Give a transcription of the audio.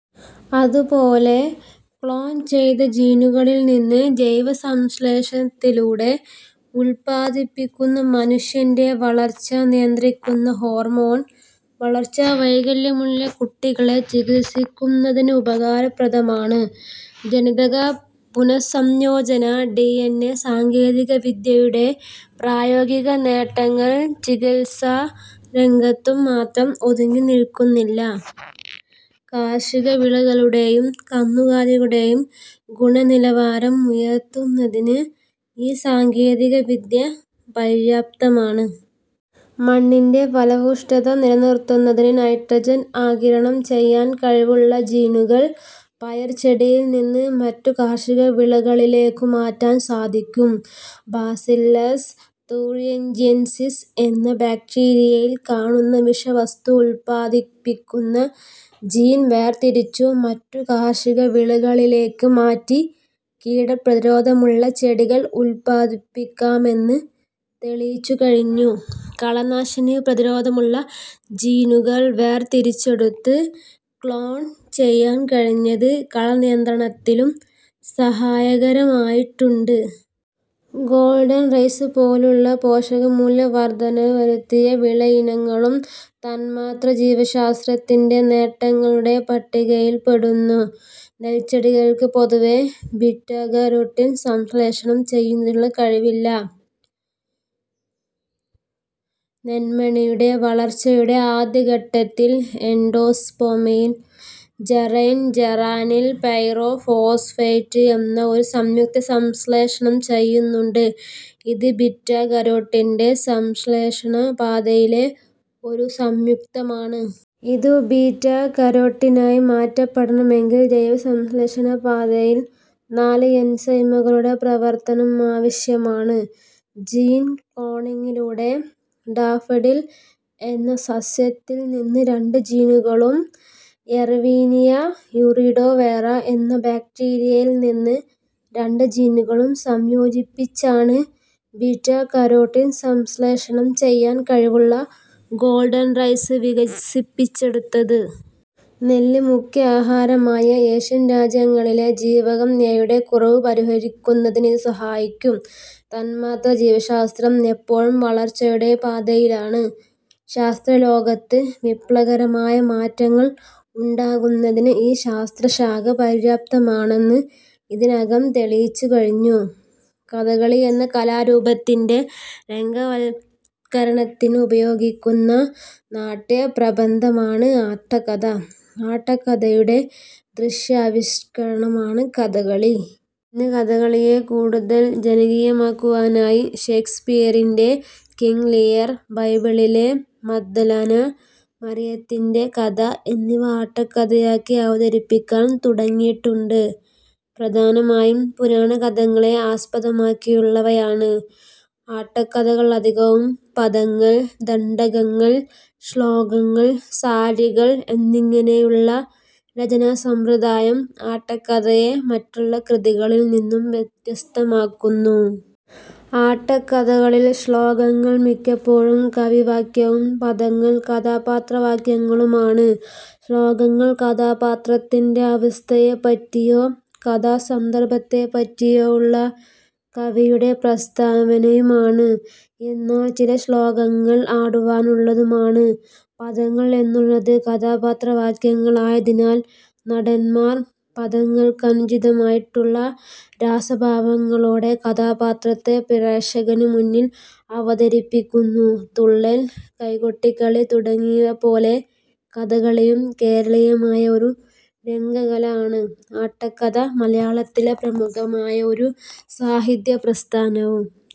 അതുപോലെ ക്ലോൺ ചെയ്ത ജീനുകളിൽ നിന്ന് ജൈവസംശ്ലേഷണത്തിലൂടെ ഉത്പാദിപ്പിക്കുന്ന മനുഷ്യന്റെ വളർച്ച നിയന്ത്രിക്കുന്ന ഹോർമോൺ, വളർച്ചാ വൈകല്യമുള്ള കുട്ടികളെ ചികിത്സിക്കുന്നതിന് ഉപകാരപ്രദമാണ്. ജനിതക പുനഃസംയോജന ഡിഎൻഎ സാങ്കേതികവിദ്യയുടെ പ്രായോഗിക നേട്ടങ്ങൾ ചികിത്സാരംഗത്തു മാത്രം ഒതുങ്ങി നിൽക്കുന്നില്ല. കാർഷികവിളകളുടേയും കന്നുകാലികളുടേയും ഗുണനിലവാരം ഉയർത്തുന്നതിന് ഈ സാങ്കേതികവിദ്യ പര്യാപ്തമാണ്. മണ്ണിന്റെ ഫലഭൂയിഷ്ഠത നിലനിർത്തുന്നതിന് നൈട്രജൻ ആഗിരണം ചെയ്യാൻ കഴിവുള്ള ജീനുകൾ പയർചെടിയിൽ നിന്ന് മറ്റു കാർഷിക വിളകളിലേക്കു മാറ്റാൻ സാധിക്കും. ബാസില്ലസ് തൂറിഞ്ചിയൻസിസ് എന്ന ബാക്ടീരിയയിൽ കാണുന്ന വിഷവസ്തു ഉത്പാദിപ്പിക്കുന്ന ജീൻ വേർതിരിച്ച് മറ്റു കാർഷികവിളകളിലേക്ക് മാറ്റി കീടപ്രതിരോധമുള്ള ചെടികൾ ഉത്പാദിക്കാമെന്ന് തെളിയിച്ചുകഴിഞ്ഞു. കളനാശിനി പ്രതിരോധമുള്ള ജീനുകൾ വേർതിരിച്ചെടുത്ത് ക്ളോൺ ചെയ്യാൻ കഴിഞ്ഞത് കളനിയന്ത്രണത്തിലും സഹായകരമായിട്ടുണ്ട്. ഗോൾഡൻ റൈസ് പോലുള്ള പോഷകമൂല്യ വർധനവ് വരു ത്തിയ വിളയിനങ്ങളും തന്മാത്രാജീവശാസ്ത്രത്തിന്റെ നേട്ടങ്ങളു ടെ പട്ടികയിൽപ്പെടുന്നു. നെൽച്ചെടികൾക്ക് പൊതുവേ ബീറ്റാക രോട്ടിൻ സംശ്ലേഷണം ചെയ്യുന്നതിനുള്ള കഴിവില്ല. നെന്മണിയുടെ വളർച്ചയുടെ ആദ്യഘട്ടത്തിൽ എൻഡോസ്പേമിൽ ജറൈനൽ ജറാനിൽ പൈറോ ഫോസ്ഫേറ്റ് എന്ന ഒരു സംയുക്തം സംശ്ലേഷണം ചെയ്യുന്നുണ്ട്. ഇത് ബീറ്റാകരോട്ടിന്റെ സംശ്ലേഷണപാത യിലെ ഒരു സംയുക്തമാണ്. ഇത് ബീറ്റാകരോട്ടിനായി മാറ്റപ്പെടണ മെങ്കിൽ ജൈവസംശ്ലേഷണ പാതയിൽ നാല് എൻസൈമുകളുടെ പ്രവർത്തനം ആവശ്യമാണ്. ജീൻ ക്ലോണിങ്ങിലൂടെ ഡാഫഡിൽ എന്ന സസ്യത്തിൽ നിന്ന് രണ്ട് ജീനുകളും എർവീനിയ യൂറിഡോ വേറ എന്ന ബാക്ടീരിയയിൽ നിന്ന് രണ്ട് ജീനുകളും സംയോജി പ്പിച്ചാണ് ബീറ്റാ കരോട്ടിൻ സംശ്ലേഷണം ചെയ്യാൻ കഴിവുള്ള ഗോൾഡൻ റൈസ് വികസിപ്പിച്ചെടുത്തത്. നെല്ല് മുഖ്യാഹാരമായ ഏഷ്യൻ രാജ്യങ്ങളിലെ ജീവകം എ-യുടെ കുറവ് പരിഹരിക്കുന്ന തിന് ഇത് സഹായിക്കും. തന്മാത്രാജീവശാസ്ത്രം എപ്പോഴും വളർച്ചയുടെ പാതയിലാണ്. ശാസ്ത്രലോകത്ത് വിപ്ലവകരമായ മാറ്റങ്ങൾ ഉണ്ടാക്കുന്നതിന് ഈ ശാസ്ത്രശാഖ പര്യാപ്തമാണെന്ന് ഇതിനകം തെളിയിച്ചുകഴിഞ്ഞു. കഥകളി എന്ന കലാരൂപത്തിന്റെ രംഗാവത്കരണത്തിന് ഉപയോഗിക്കുന്ന നാട്യപ്രബന്ധമാണ് ആട്ടക്കഥ. ആട്ടക്കഥയുടെ ദൃശ്യ ആവിഷ്കരണമാണ് കഥകളി. ഇന്ന് കഥകളിയെ കൂടുതൽ ജനകീയമാക്കുവാനായി ഷേക്സ്പിയറിന്റെ കിംഗ് ലിയർ, ബൈബിളിലെ മഗ്ദലനാ മറിയത്തിന്റെ കഥ എന്നിവ ആട്ടക്കഥയാക്കി അവതരിപ്പിക്കാൻ തുടങ്ങിയിട്ടുണ്ട്. പ്രധാനമായും പുരാണ കഥകളെ ആസ്പദമാക്കിയുള്ളവയാണ് ആട്ടക്കഥകൾ അധികവും. പദങ്ങൾ, ദണ്ഡകങ്ങൾ, ശ്ലോകങ്ങൾ, സാരികൾ, എന്നിങ്ങനെയുള്ള രചനാ സമ്പ്രദായം ആട്ടക്കഥയെ മറ്റുള്ള കൃതികളിൽ നിന്നും വ്യത്യസ്തമാക്കുന്നു. ആട്ടക്കഥകളിൽ ശ്ലോകങ്ങൾ മിക്കപ്പോഴും കവിവാക്യവും പദങ്ങൾ കഥാപാത്രവാക്യങ്ങളുമാണ്. ശ്ലോകങ്ങൾ കഥാപാത്രത്തിന്റെ അവസ്ഥയെപ്പറ്റിയോ കഥാ സന്ദർഭത്തെപ്പറ്റിയോ ഉള്ള കവിയുടെ പ്രസ്താവനയുമാണ്. എന്നാൽ ചില ശ്ലോകങ്ങൾ ആടുവാനുള്ളതുമാണ്. പദങ്ങൾ എന്നുള്ളത് കഥാപാത്രവാക്യങ്ങളായതിനാൽ നടന്മാർ പദങ്ങൾക്കനുചിതമായിട്ടുള്ള രാസഭാവങ്ങളോടെ കഥാപാത്രത്തെ പ്രേഷകനു മുൻപിൽ അവതരിപ്പിക്കുന്നു. തുള്ളൽ, കൈകൊട്ടിക്കളി തുടങ്ങിയവപ്പോലെ കഥകളിയും കേരളീയമായ ഒരു രംഗകല ആണ്; ആട്ടക്കഥ മലയാളത്തിലെ പ്രമുഖമായ ഒരു സാഹിത്യപ്രസ്ഥാനവും.